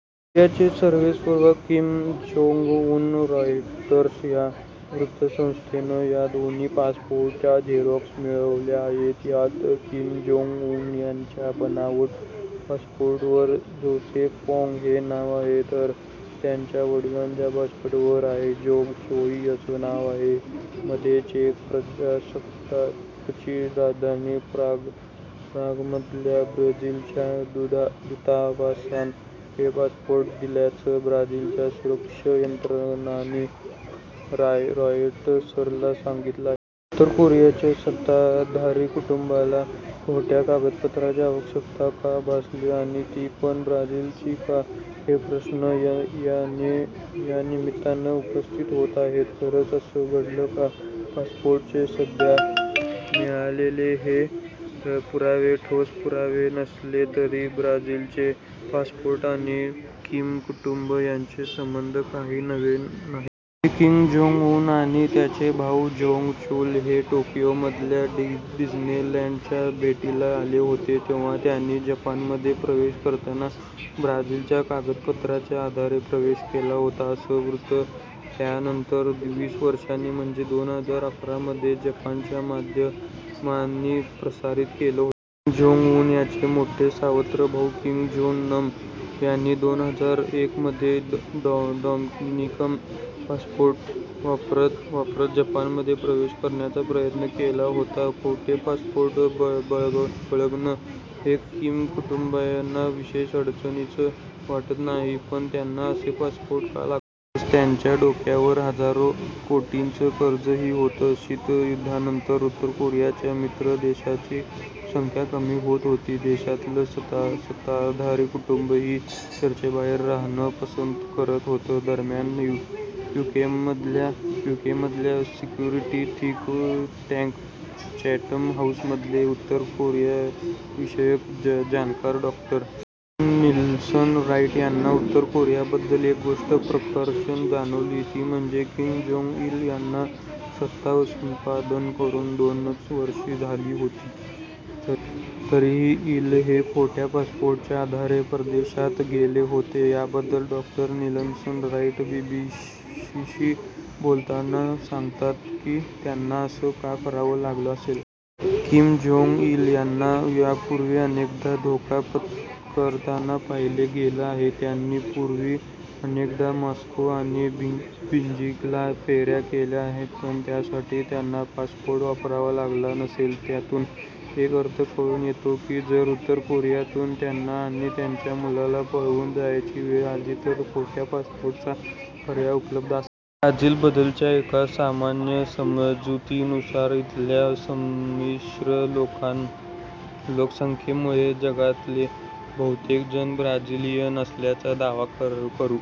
याचे सर्वेसर्वा Kim Jong Un Reuters या वृत्तसंस्थेनं या दोन्ही पासपोर्टच्या झेरॉक्स मिळवल्या आहेत. यात किम-जोंग-उन यांच्या बनावट पासपोर्टवर 'जोसेफ पॉग' हे नाव आहे. तर, त्यांच्या वडिलांच्या पासपोर्टवर 'आयजोंग चोई' असं नाव आहे. मध्ये चेक प्रजासत्ताकची राजधानी प्रागमधल्या ब्राझीलच्या दूतावासानं हे पासपोर्ट दिल्याचं ब्राझीलच्या सुरक्षा यंत्रणांनी रॉयटर्सला सांगितलं आहे. उत्तर कोरियाच्या सत्ताधारी कुटुंबाला खोट्या कागदपत्रांची आवश्यकता का भासली आणि ती पण, ब्राझीलची का? हे प्रश्न या यांनी यानिमित्तानं उपस्थित होत आहेत. खरंच असं घडलंय का? पासपोर्टचे सध्या मिळालेले हे पुरावे ठोस पुरावे नसले तरी, ब्राझीलचे पासपोर्ट आणि किम कुटुंब यांचे संबंध काही नवे नाहीत. किम-जोंग-उन आणि त्यांचे भाऊ जोंग-चुल हे टोकियोमधल्या डिस्नेलँडच्या भेटीला आले होते. तेव्हा त्यांनी जपानमध्ये प्रवेश करताना ब्राझीलच्या कागदपत्रांच्या आधारे प्रवेश केला होता असं वृत्त त्यानंतर वीस वर्षांनी म्हणजे दोन हजार अकरा मध्ये जपानच्या माध्यमांनी प्रसारीत केलं. जोंग-उन यांचे मोठे सावत्र भाऊ किम-जोंग-नम यांनी दोन हजार एक मध्ये डॉ डॉमनिकन पासपोर्ट वापरत वापरत जपानमध्ये प्रवेश करण्याचा प्रयत्न केला होता. खोटे पासपोर्ट बाळगणं हे किम कुटुंबीयांना विशेष अडचणीचं वाटत नाही. पण, त्यांना असे पासपोर्ट का लाग त्यांच्या डोक्यावर हजारो कोटींचं कर्जही होतं. शीत युद्धानंतर उत्तर कोरियाच्या मित्र देशांची संख्या कमी होत होती. देशातलं सत्ता सत्ताधारी कुटुंबही चर्चेबाहेर राहणं पसंत करत होतं. दरम्यान, यूकेमधल्या युकेमधल्या सिक्युरिटी थिंक टँक 'चॅटम हाऊस'मधले उत्तर कोरियाविषयक जाणकार डॉ. निल्सन-राईट यांना उत्तर कोरियाबद्दल एक गोष्ट प्रकर्षानं जाणवली. ती म्हणजे, किम-जोंग-इल यांना सत्ता संपादन करून दोनच वर्षं झाली होती. तरीही इल हे खोट्या पासपोर्टच्या आधारे परदेशात गेले होते. याबद्दल डॉ. निल्सन-राईट बीबीसीशी बोलताना सांगतात की त्यांना असं का करावं लागलं असेल? किम-जोंग-इल यांना यापूर्वी अनेकदा धोका पत्करताना पाहिलं गेलं आहे. त्यांनी पूर्वी अनेकदा मॉस्को आणि बिजिंगला फेऱ्या केल्या आहेत. पण त्यासाठी त्यांना पासपोर्ट वापरावा लागला नसेल. यातून एक अर्थ कळून येतो की, जर उत्तर कोरियातून त्यांना आणि त्यांच्या मुलाला पळून जायची वेळ आली तर खोट्या पासपोर्टचा पर्याय उपलब्ध असावा. ब्राझीलबद्दलच्या एका सामान्य समजुतीनुसार, इथल्या संमिश्र लोका लोकसंख्येमुळे जगातले बहुतेक जण ब्राझिलियन असल्याचा दावा करू